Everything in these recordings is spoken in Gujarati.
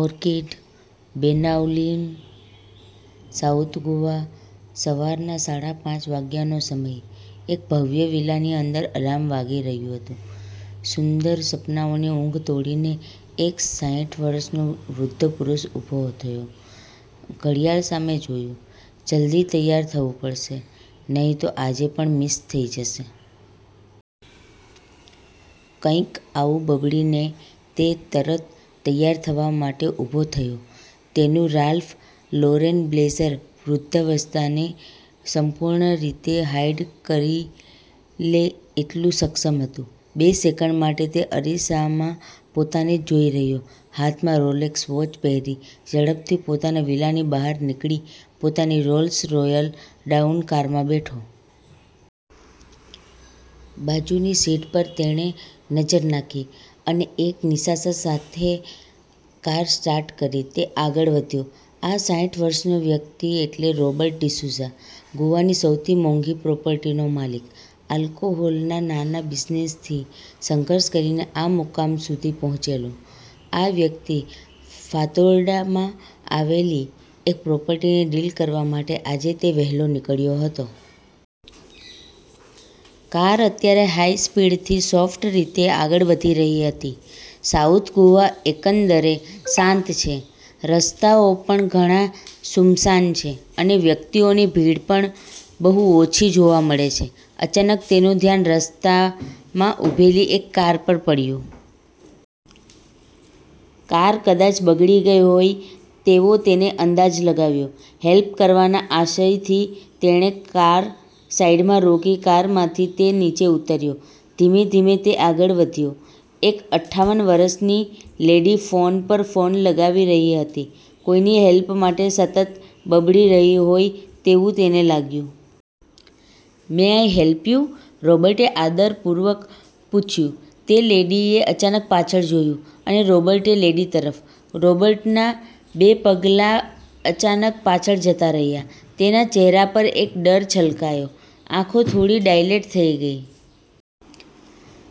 ઓર્કિડ, બેનાઉલિમ સાઉથ ગોવા: સવારના સાડા પાંચ વાગ્યાનો સમય. એક ભવ્ય વિલાની અંદર અલાર્મ વાગી રહ્યું હતું. સુંદર સપનાઓની ઊંઘ તોડીને એક સાઈઠ વર્ષનો વૃદ્ધ પુરૂષ ઉભો થયો. ઘડિયાળ સામે જોયું, "જલ્દી તૈયાર થવું પડશે, નહીં તો આજે પણ મિસ થઈ જશે." કંઈક આવું બબડીને તે તરત તૈયાર થવા માટે ઉભો થયો. તેનું 'રાલ્ફ લોરેન બ્લેઝર' વૃદ્ધાવસ્થાને સંપૂર્ણ રીતે હાઇડ કરી લે એટલું સક્ષમ હતું. બે સેકન્ડ માટે તે અરીસામાં પોતાને જ જોઈ રહ્યો. હાથમાં રોલેક્સ વોચ પહેરી, ઝડપથી પોતાના વિલાની બહાર નીકળી પોતાની "રોલ્સ રોયલ ડાઉન" કારમાં બેઠો. બાજુની સીટ પર તેણે નજર નાખી, અને એક નિસાસા સાથે કાર સ્ટાર્ટ કરી તે આગળ વધ્યો. આ સાઈઠ વર્ષનો વ્યક્તિ એટલે રોબર્ટ ડિસુઝા. ગોવાની સૌથી મોંઘી પ્રોપર્ટીનો માલિક. આલ્કોહોલના નાના બિઝનેસથી સંઘર્ષ કરીને આ મુકામ સુધી પહોંચેલો, આ વ્યક્તિ 'ફાતોરડા' માં આવેલી એક પ્રોપર્ટીની ડીલ કરવા માટે આજે તે વહેલો નીકળ્યો હતો. કાર અત્યારે હાઇ સ્પીડથી સોફ્ટ રીતે આગળ વધી રહી હતી. સાઉથ ગોવા એકંદરે શાંત છે, રસ્તાઓ પણ ઘણા સૂમસામ છે, અને વ્યક્તિઓની ભીડ પણ બહુ ઓછી જોવા મળે છે. અચાનક તેનું ધ્યાન રસ્તામાં ઊભેલી એક કાર પર પડ્યું. કાર કદાચ બગડી ગઈ હોય તેવો તેને અંદાજ લગાવ્યો. હેલ્પ કરવાના આશયથી તેણે કાર સાઇડમાં રોકી કારમાંથી તે નીચે ઊતર્યો. ધીમે-ધીમે તે આગળ વધ્યો. એક અઠાવન વર્ષની લેડી ફોન પર ફોન લગાવી રહી હતી, કોઈની હેલ્પ માટે સતત બબડી રહી હોય તેવું તેને લાગ્યું. "May I help you?" રૉબર્ટે આદરપૂર્વક પૂછ્યું. તે લેડીએ અચાનક પાછળ જોયું અને રોબર્ટે લેડી તરફ. રોબર્ટના બે પગલાં અચાનક પાછળ જતા રહ્યા. તેના ચહેરા પર એક ડર છલકાયો. આંખો થોડી ડાયલેટ થઈ ગઈ.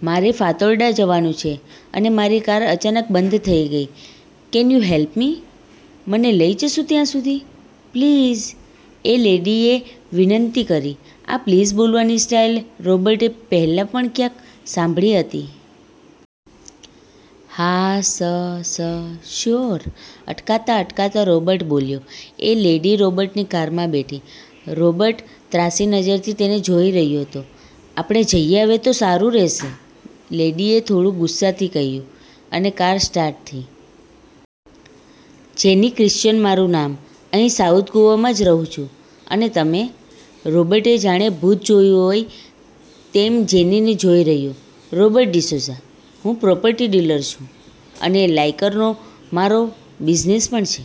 "મારે ફાતોરડા જવાનું છે અને મારી કાર અચાનક બંધ થઈ ગઈ, કેન યુ હેલ્પ મી? મને લઈ જશો ત્યાં સુધી? પ્લીઝ!" એ લેડીએ વિનંતી કરી. આ પ્લીઝ બોલવાની સ્ટાઈલ રૉબર્ટે પહેલા પણ ક્યાંક સાંભળી હતી. "હા સ, સ, સ્યોર!" અટકાતા-અટકાતા રોબર્ટ બોલ્યો.. એ લેડી રોબર્ટની કારમાં બેઠી. રોબર્ટ ત્રાંસી નજરથી તેને જોઈ રહ્યો હતો. "આપણે જઈએ હવે તો સારૂ રહેશે!" લેડીએ થોડુ ગુસ્સાથી કહ્યું. અને કાર સ્ટાર્ટ થઈ. " 'જેની ક્રિસ્ચયન' મારૂ નામ. અહીં સાઉથ ગોવામાં જ રહું છું, અને તમે?" રોબર્ટે જાણે ભૂત જોયું હોય તેમ જેનીને જોઈ રહ્યો. " 'રૉબર્ટ ડિસુઝા', હું પ્રોપર્ટી ડીલર છું, અને લાઈકરનો મારો બિઝનેસ પણ છે."